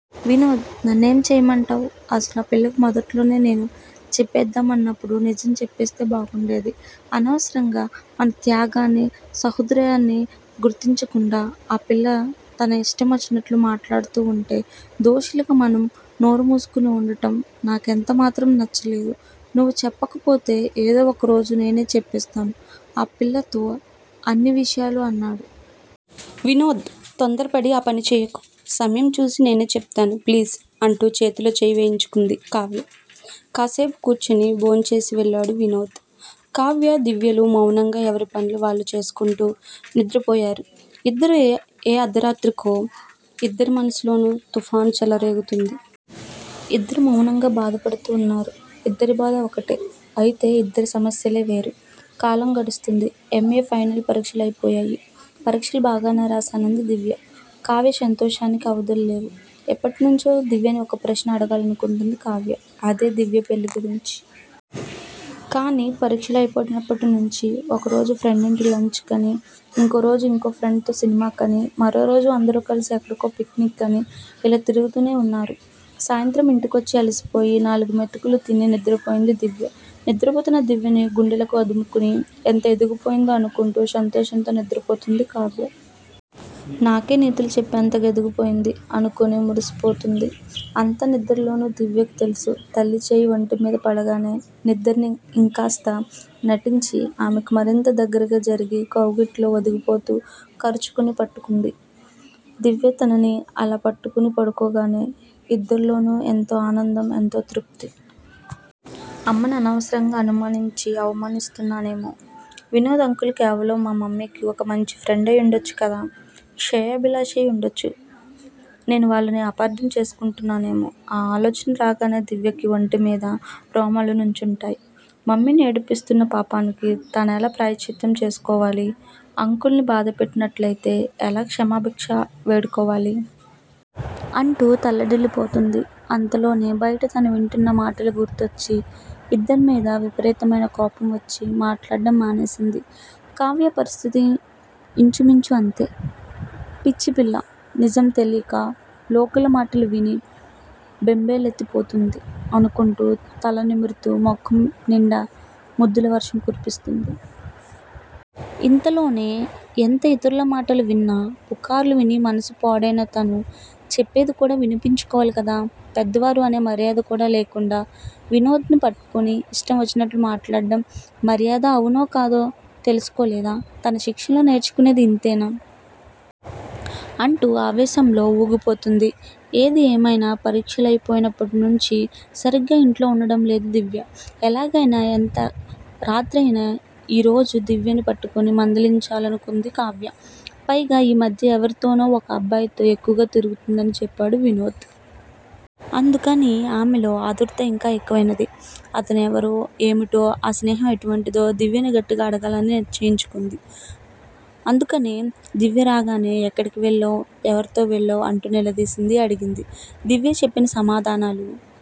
వినోద్! నన్నేం చెయ్యమంటావ్? అసలు ఆపిల్లకి మొదట్లోనే, నేను చెబ్దామన్నప్పుడు, నిజం చెప్పేస్తే బాగుండేది! అనవసరంగా, మన త్యాగాన్నీ, సహృదయతనీ గుర్తించకుండా, ఆ పిల్ల తన ఇష్టమొచ్చినట్టు మాట్లాడుతూ వుంటే, దోషుల్లాగా మనం నోరుమూసుకుని పడుండడం, నాకెంత మాత్రం నచ్చలేదు. నువ్వు చెప్పకపోతే, ఏదో ఒక రోజు నేనే చెప్పేస్తాను ఆ పిల్లతో అన్ని విషయాలూ అన్నాడు. వినోద్! తొందరపడి ఆ పని చెయ్యకు. సమయం చూసి నేనే చెబుతాను. ప్లీజ్! అంటూ చేతిలో చెయ్యి వేయించుకుంది కావ్య! కాస్సేపు కూర్చుని, భోంచేసి వెళ్ళాడు వినోద్! కావ్యా, దివ్యలు మౌనంగా ఎవరి పన్లు వాళ్లు చేసుకుంటూ, నిద్రపోయారు ఇద్దరూ ఏ అర్దరాత్రికో! ఇద్దరి మనసుల్లోనూ తుఫాను చెలగేరుతోంది! ఇద్దరూ మౌనంగా బాధపడుతూ వున్నారు. ఇద్దరి బాధా ఒక్కటే అయితే ఇద్దరి సమస్యలే వేరు. కాలం గడుస్తోంది. ఎమ్. ఏ. ఫైనల్ పరీక్షలయిపోయాయి. పరీక్షలు బాగానే రాశానంది దివ్య! కావ్య సంతోషానికి అవధుల్లేవు! ఎప్పటి నుంచో దివ్యని ఒకప్రశ్న అడగాలనుకుంటోంది కావ్య! అదే దివ్య పెళ్ళి గురించి. కానీ, పరీక్షలయిపోయినప్పటినుంచీ, ఒకరోజు ఫ్రెండింటికి లంచ్ కనీ, ఇంకోరోజు ఇంకో ఫ్రెండుతో సినిమాకనీ, మరో రోజు అందరూ కలిసి ఎక్కడికో పిక్నిక్ కనీ, ఇలా తిరుగుతూనే వున్నారు. సాయంత్రం ఇంటికొచ్చి అలిసిపోయి, నాలుగు మెతుకులు తిని నిద్రపోతోంది దివ్య! నిద్రపోతూన్న దివ్యని గుండెలకి అదుముకుని ఎంత ఎదిగిపోయిందీ అనుకుంటూ సంతోషంతో నిద్రపోతుంది కావ్య! నాకే నీతులు చెప్పేంతగా ఎదిగిపోయింది! అనుకుని మురిసిపోతుంది! అంత నిద్దరలోనూ దివ్యకి తెలుసు, తల్లి చెయ్యి వొంటిమీద పడగానే, నిద్దరని ఇంకా కాస్త నటించి, ఆమెకి మరింత దగ్గరగా జరిగి, కౌగిట్లో ఒదిగిపోతూ, కరుచుకుని పట్టుకుంది! దివ్య తనని అలా పట్టుకుని పడుకోగానే, ఇద్దరిలోనూ, ఎంతో ఆనందం, ఎంతో తృప్తి! అమ్మని అనవసరంగా అనుమానించి, అవమానిస్తున్నానేమో! వినోద్ అంకుల్ కేవలం మా మమ్మీకి, ఒక మంచి ఫ్రెండయి వుండొచ్చు కదా! శ్రేయోభిలాషై వుండొచ్చు! నేనే వాళ్ళని అపార్ధం చేసుకుంటున్నానేమో? ఆ ఆలోచన రాగానే, దివ్యకి వొంటిమీద రోమాలు నంచుంటాయ్! మమ్మీని ఏడిపిస్తున్న పాపానికీ, తానెలా ప్రాయశ్చిత్తం చేసుకోవాలి? అంకుల్ ని బాధపెట్టినట్టయితే, ఎలా క్షమాభిక్ష వేడుకోవాలి? అంటూ తల్లడిల్లిపోతుంది. అంతలోనే, బయట తను వింటూన్న మాటలు గుర్తుకొచ్చి, ఇద్దరి మీదా విపరీతమయిన కోపం వొచ్చి, మాట్లాడ్డం మానేస్తుంది. కావ్య పరిస్థితీ ఇంచు మించు అంతే! పిచ్చిపిల్ల! నిజం తెలీక, లోకుల మాటలు విని, బెంబేలెత్తి పోతోంది. అనుకుంటూ తల నిమురుతూ, ముఖం నిండా ముద్దుల వర్షం కురిపిస్తుంది! ఇంతలోనే, ఎంత ఇతరుల మాటలు విన్నా, పుకార్లు విని మనసు పాడయినా, తను చెప్పేది కూడా వినిపించుకోవాలి కదా! పెద్దవారూ అనే మర్యాద కూడా లేకుండా, వినోద్ ని పట్టుకుని ఇష్టం ఒచ్చినట్టు మాట్లాడడం, మర్యాద అవునో కాదో తెలసుకోలేదా? తన శిక్షణలో నేర్చుకున్నది. ఇంతేనా? అంటూ, ఆవేశంలో ఊగిపోతుంది. ఏది ఏమైనా, పరీక్షలయి పోయినప్పటి నుంచీ, సరిగ్గా ఇంట్లో వుండడం లేదు. దివ్య! ఎలాగైనా, ఎంత రాత్రైనా, ఇ రోజు దివ్యని పట్టుకుని మందలించాలను కుంది కావ్య! పైగా ఈ మధ్య ఎవరితోనో, ఒక అబ్బాయితో ఎక్కువగా తిరుగుతోందని చెప్పాడు వినోద్! అందుకని ఆమెలో ఆదూర్దా ఇంకా ఎక్కువైంది! అతను ఎవరో ఏమిటో, ఆ స్నేహం ఎటువంటిదో, దివ్యని గట్టిగా అడగాలని నిశ్చయించుకుంది! అందుకనే దివ్య రాగానే 'ఎక్కడి కెళ్ళావ్? ఎవరితో వెళ్ళావ్' అంటూ నిలదీసి అడిగింది! దివ్య చెప్పిన సమాధానాలు